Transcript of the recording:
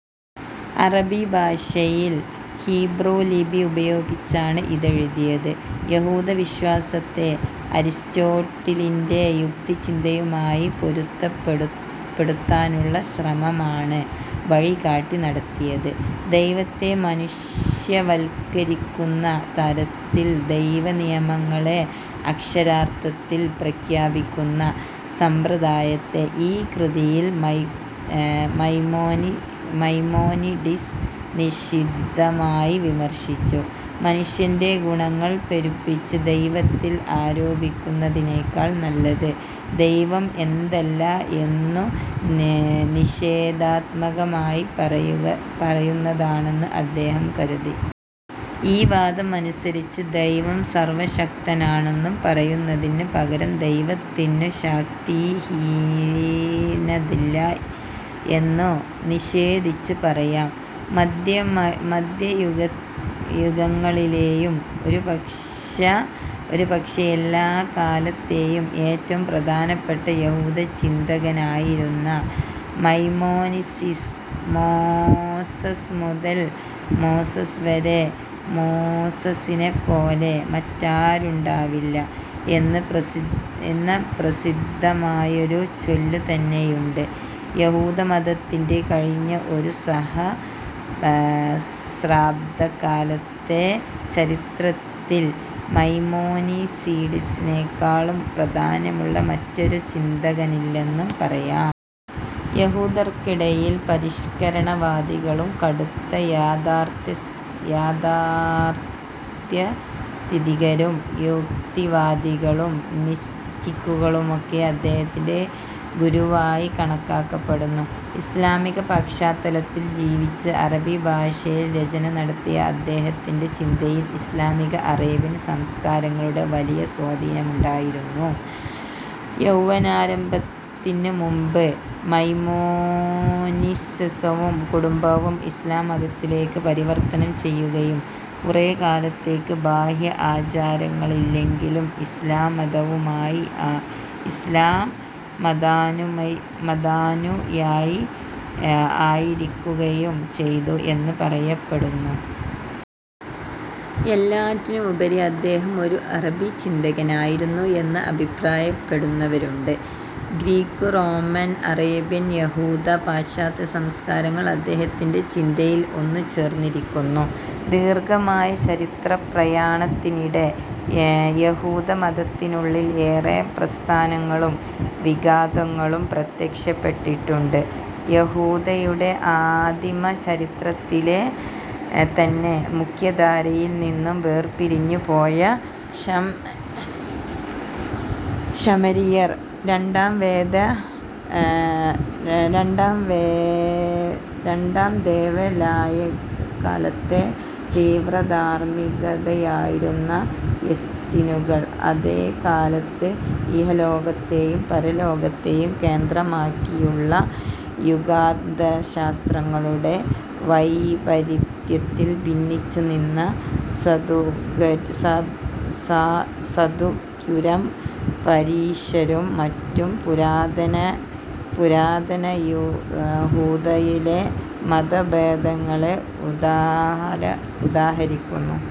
അറബി ഭാഷയിൽ, ഹീബ്രൂ ലിപി ഉപയോഗിച്ചാണ് ഇതെഴുതിയത്. യഹൂദവിശ്വാസത്തെ അരിസ്റ്റോട്ടലിന്റെ യുക്തിചിന്തയുമായി പൊരുത്തപ്പെടുത്താനുള്ള ശ്രമമാണ് 'വഴികാട്ടി' നടത്തിയത്. ദൈവത്തെ മനുഷ്യവൽക്കരിക്കുന്ന തരത്തിൽ ദൈവനിയമങ്ങളെ അക്ഷരാർഥത്തിൽ വ്യാഖ്യാനിക്കുന്ന സമ്പ്രദായത്തെ ഈ കൃതിയിൽ മൈമോനിഡിസ് നിശിതമായി വിമർശിച്ചു. മനുഷ്യന്റെ ഗുണങ്ങൾ പെരുപ്പിച്ച് ദൈവത്തിൽ അരോപിക്കുന്നതിനേക്കാൾ നല്ലത്, ദൈവം എന്തല്ല എന്നു നിഷേധാത്മകമായി പറയുന്നതാണെന്ന് അദ്ദേഹം കരുതി. ഈ വാദം അനുസരിച്ച്, ദൈവം സർവശക്തനാണെന്നു പറയുന്നതിനു പകരം "ദൈവത്തിനു ശക്തിഹീനത ഇല്ല" എന്നു നിഷേധിച്ച് പറയാം. മദ്ധ്യയുഗങ്ങളിലെയും, ഒരുപക്ഷേ എല്ലാക്കാലത്തേയും, ഏറ്റവും പ്രധാനപ്പെട്ട യഹൂദചിന്തകനായിരുന്നു മൈമോനിഡിസ്. "മോസസ് മുതൽ മോസസ് വരെ മോസസിനെപ്പോലെ മറ്റൊരാളുണ്ടായില്ല" എന്ന് പ്രസിദ്ധമായൊരു ചൊല്ലു തന്നെയുണ്ട്. യഹൂദമതത്തിന്റെ കഴിഞ്ഞ ഒരു സഹസ്രാബ്ദക്കാലത്തെ ചരിത്രത്തിൽ മൈമോനിഡിസിനെക്കാൾ പ്രധാന്യമുള്ള മറ്റൊരു ചിന്തകനില്ലെന്നു പറയാം. യഹൂദർക്കിടയിൽ പരിഷ്കരണവാദികളും കടുത്ത യാഥാസ്ഥിതികരും യുക്തിവാദികളും മിസ്റ്റിക്കുകളും അദ്ദേഹത്തെ ഗുരുവായി കണക്കാക്കുന്നു. ഇസ്ലാമിക പാശ്ചാത്തലത്തിൽ ജീവിച്ച് അറബി ഭാഷയിൽ രചനനടത്തിയ അദ്ദേഹത്തിന്റെ ചിന്തയിൽ ഇസ്ലാമിക-അറേബ്യൻ സംസ്കാരങ്ങളുടെ വലിയ സ്വാധീനമുണ്ടായിരുന്നു. യൗവനാരംഭത്തിനുമുൻപ് മൈമോനിഡിസും കുടുംബവും ഇസ്ലാം മതത്തിലേക്ക് പരിവർത്തനം ചെയ്യുകയും കുറേക്കാലത്തേക്ക്, ബാഹ്യ ആചാരങ്ങളിലെങ്കിലും ഇസ്ലാം മതാനുയായി ആയിരിക്കുകയും ചെയ്തു എന്ന് പറയപ്പെടുന്നു. എല്ലാത്തിനുമുപരി അദ്ദേഹം ഒരു അറബി ചിന്തകനായിരുന്നു എന്ന് അഭിപ്രായപ്പെടുന്നവരുണ്ട്. ഗ്രീക്കോറോമൻ, അറേബ്യൻ, യഹൂദ, പാശ്ചാത്യ സംസ്കാരങ്ങൾ അദ്ദേഹത്തിന്റെ ചിന്തയിൽ ഒന്നുചേർന്നിരിക്കുന്നു. ദീർഘമായ ചരിത്രപ്രയാണത്തിനിടെ യഹുദമതത്തിനുള്ളിൽ ഏറെ പ്രസ്ഥാനങ്ങളും വിഭാഗങ്ങളും പ്രത്യക്ഷപ്പെട്ടിട്ടുണ്ട്. യഹൂദതയുടെ ആദിമചരിത്രത്തിൽ തന്നെ മുഖ്യധാരയിൽ നിന്നു വേർപിരിഞ്ഞുപോയ ശമരിയർ, രണ്ടാംദേവാലയകാലത്തെ തീവ്രധാർമ്മികരായിരുന്ന എസ്സീനുകൾ, അതേകാലത്ത് ഇഹലോകത്തേയും പരലോകത്തേയും കേന്ദ്രമാക്കിയുള്ള യുഗാന്തശാസ്ത്രങ്ങളുടെ വൈപരീത്യത്തിൽ ഭിന്നിച്ചു നിന്ന സദൂക്യരും പരീശരും മറ്റും പുരാതനയഹൂദതയിലെ മതഭേദങ്ങളെ ഉദാഹരിക്കുന്നു.